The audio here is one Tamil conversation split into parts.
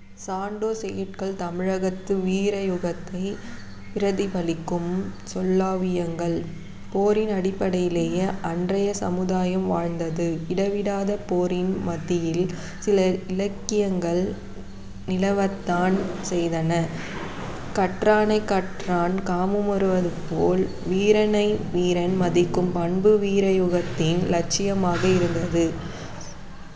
" சான்றோர் செய்யுட்கள் தமிழகத்து வீரயுகத்தை பிரதிபலிக்கும் சொல்லோவியங்கள். போரின் அடிப்படையிலேயே அன்றைய சமுதாயம் வாழ்ந்தது. இடைவிடாத போரின் மத்தியில் சில இலட்சியங்கள் நிலவத்தான் செய்தன. கற்றானைக் கற்றான் காமுறுவதுபோல் வீரனை வீரன் மதிக்கும் பண்பு வீரயுகத்தின் இலட்சியமாக இருந்தது.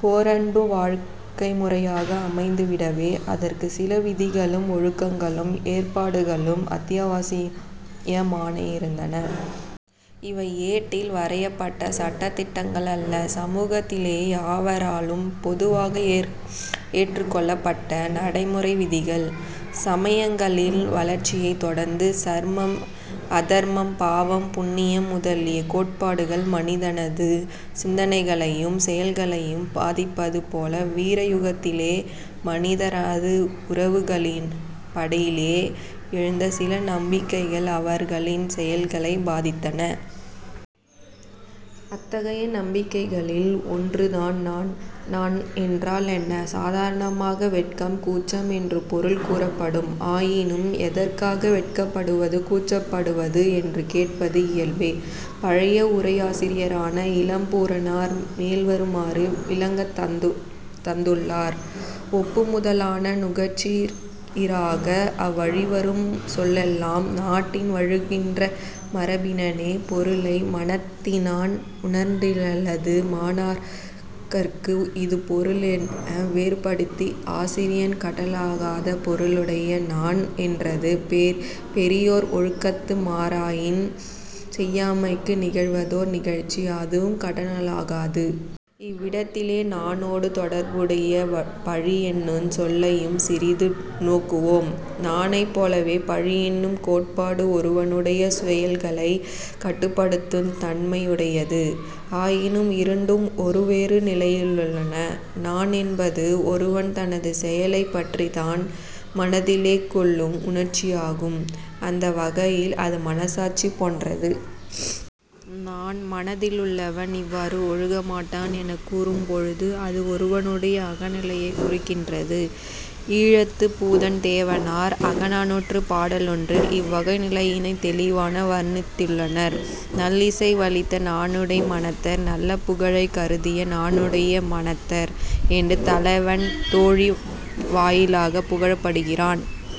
போரென்பது வாழ்க்கை முறையாக அமைந்துவிடவே அதற்குச் சில விதிகளும், ஒழுங்குகளும், ஏற்பாடுகளும், அத்தியாவசியமாயிருந்தன. இவை ஏட்டில் வரையப்பட்ட சட்டதிட்டங்களல்ல. சமூகத்திலே யாவராலும் பொதுவாக ஏற்றுக்கொள்ளப்பட்ட நடைமுறை விதிகள். சமயங்களின் வளர்ச்சியைத் தொடர்ந்து தர்மம், அதர்மம், பாவம், புண்ணியம் முதலிய கோட்பாடுகள் மனிதனது சிந்தனைகளையும், செயல்களையும் பாதிப்பது போல வீரயுகத்திலே மனிதரது உறவுகளினடிப்படையிலே எழுந்த சில நம்பிக்கைகள் அவர்களின் செயல்களைப் பாதித்தன. அத்தகைய நம்பிக்கைகளில் ஒன்றுதான் நாண். நாண் என்றால் என்ன? சாதாரணமாக வெட்கம், கூச்சம் என்று பொருள் கூறப்படும். ஆயினும் எதற்காக, வெட்கப்படுவது, கூச்சப்படுவது என்று கேட்பது இயல்பே. பழைய உரையாசிரியரான இளம்பூரணர் மேல்வருமாறு விளக்கந் தந்துள்ளார். "ஒப்பு முதலாக நுகர்ச்சியீறாக அவ்வழிவரும் சொல்லெல்லாம் நாட்டின் வழங்குகின்ற மரபினானே பொருளை மனத்தினான் உணரினல்லது மாணாக்கர்க்கு இது பொருள் என வேறுபடுத்தி ஆசிரியன் காட்டலாகாத பொருளுடைய 'நாண்' என்றது பெரியோர் ஒழுக்கத்து மாறாயின் செய்யாமைக்கு நிகழ்வதோர் நிகழ்ச்சி; அதுவும் கடனலாகாது. " இவ்விடத்திலே நாணோடு தொடர்புடைய பழி என்னுஞ் சொல்லையும் சிறிது நோக்குவோம். நாணைப் போலவே பழியென்னும் கோட்பாடும் ஒருவனுடைய செயல்களைக் கட்டுப்படுத்துந் தன்மை யுடையது. ஆயினும் இரண்டும் ஒருவேறு நிலையிலுள்ளன. நாண் என்பது ஒருவன் தனது செயலைப் பற்றித் தான் மனத்திலே கொள்ளும் உணர்ச்சியாகும். அந்த வகையில் அது மனச்சாட்சி போன்றது. நாண் மனத்திலுள்ளவன் இவ்வாறு ஒழுகமாட்டான் எனக் கூறும் பொழுது அது ஒருவனுடைய அக நிலையைக் குறிக்கின்றது. ஈழத்துப் பூதன் தேவனார் அகநானூற்றுப் பாடலொன்றில் இவ்வகை நிலையினைத் தௌிவாக வர்ணித்துள்ளனர். "நல்லிசை வலித்த நாணுடை மனத்தர்" 'நல்ல புகழைக் கருதிய நாணையுடைய மனத்தர்' என்று தலைவன் தோழி வாயிலாகப் புகழப்படுகிறான்.